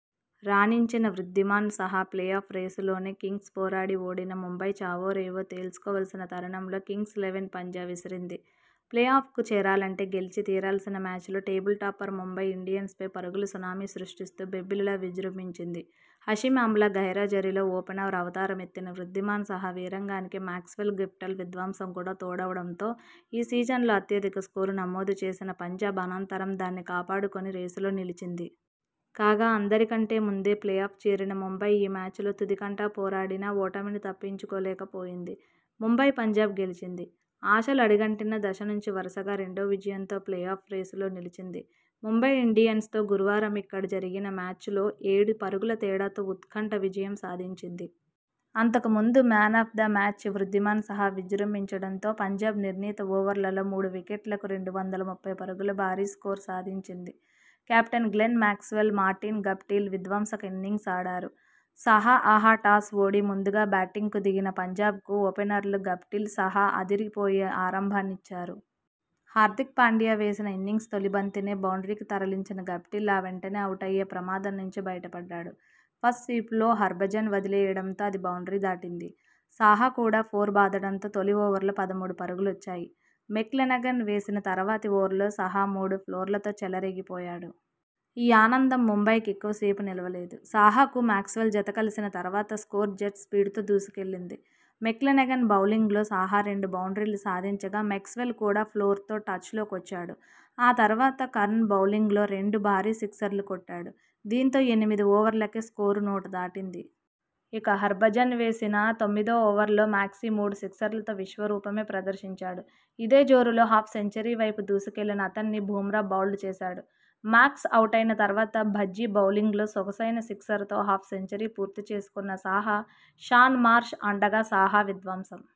రాణించిన Wriddhiman Saha play off రేసులోనే కింగ్స్పోరాడి ఓడిన ముంబై చావో రేవో తేల్చుకోవాల్సిన తరుణంలో కింగ్స్ లెవెన్ 'పంజా' విసిరింది. ప్లే ఆఫ్కు చేరాలంటే గెలిచి తీరాల్సిన మ్యాచ్లో టేబుల్ టాపర్ ముంబై ఇండియన్స్పై పరుగుల సునామీ సృష్టిస్తూ బెబ్బులిలా విజృంభించింది. హషీమ్ ఆమ్లా గైర్హాజరీలో ఓపెనర్ అవతార మెత్తిన వృద్ధిమాన్ సాహా వీరంగానికి మాక్స్వెల్, గప్టిల్ విధ్వంసం కూడా తోడవడంతో ఈ సీజన్లో అత్యధిక స్కోరు నమోదు చేసిన పంజాబ్, అనంతరం దాన్ని కాపాడు కొని రేసులో నిలిచింది. కాగా, అందరి కంటే ముందే ప్లే ఆఫ్ చేరిన ముంబై ఈ మ్యాచ్లో తుది కంటా పోరాడినా ఓటమిని తప్పించుకోలేకపోయింది. ముంబై పంజాబ్ గెలిచింది. ఆశలు అడుగంటిన దశ నుంచి వరుసగా రెండో విజయంతో ప్లే ఆఫ్ రేసులో నిలిచింది. ముంబై ఇండియన్స్తో గురువారమిక్కడ జరిగిన మ్యాచ్లో ఏడు పరుగుల తేడాతో ఉత్కంఠ విజయం సాధించింది. అంతకు ముందు 'man of the match' Wriddhiman Saha విజృంభించడంతో పంజాబ్ నిర్ణీత ఓవర్లలో మూడు వికెట్లకు రెండు వందల ముప్పై పరుగుల భారీ స్కోరు సాధించింది. Captain Glenn Maxwell, Martin Guptill విధ్వంసక ఇన్నింగ్స్ ఆడారు. సాహా, ఆహా టాస్ ఓడి ముందుగా బ్యాటింగ్కు దిగిన పంజాబ్కు ఓపెనర్లు గప్టిల్, సాహా అదిరి పోయే ఆరంభాన్నిచ్చారు. హార్దిక్ పాండ్యా వేసిన ఇన్నింగ్స్ తొలి బంతినే బౌండ్రీకి తరలించిన గప్టిల్ ఆ వెంటనే అవుటయ్యే ప్రమాదం నుంచి బయట పడ్డాడు. ఫస్ట్ స్లిప్లో హర్భజన్ వదిలేయడంతో అది బౌండ్రీ దాటింది. సాహా కూడా ఫోర్ బాదడంతో తొలి ఓవర్లో పదమూడు పరుగులొచ్చాయి. మెక్లెనగన్ వేసిన తర్వాతి ఓవర్లో సాహా మూడు ఫోర్లతో చెలరేగి పోయాడు. ఈ ఆనందం ముంబైకి ఎక్కువ సేపు నిలవలేదు. సాహాకు మాక్స్వెల్ జతకలిసిన తర్వాత స్కోరు జెట్ స్పీడ్తో దూసుకెళ్లింది. మెక్లెనగన్ బౌలింగ్లో సాహా రెండు బౌండ్రీలు సాధించగా, మాక్స్వెల్ కూడా ఫోర్తో టచ్లోకొచ్చాడు. ఆ తర్వాత కర్ణ్ బౌలింగ్లో రెండు భారీ సిక్సర్లు కొట్టాడు. దీంతో ఎనిమిది ఓవర్లకే స్కోరు నూట దాటింది. ఇక హర్భజన్ వేసిన తొమ్మిదో ఓవర్లో మాక్సీ మూడు సిక్సర్లతో విశ్వరూపమే ప్రదర్శించాడు. ఇదే జోరులో హాఫ్ సెంచరీ వైపు దూసుకెళ్లిన అతన్ని బుమ్రా బౌల్డ్ చేశాడు. మాక్స్ అవుటైన తర్వాత భజ్జీ బౌలింగ్లో సొగసైన సిక్సర్తో హాఫ్ సెంచరీ పూర్తి చేసుకున్న సాహా, షాన్ మార్ష్ అండగా సాహా విధ్వంసం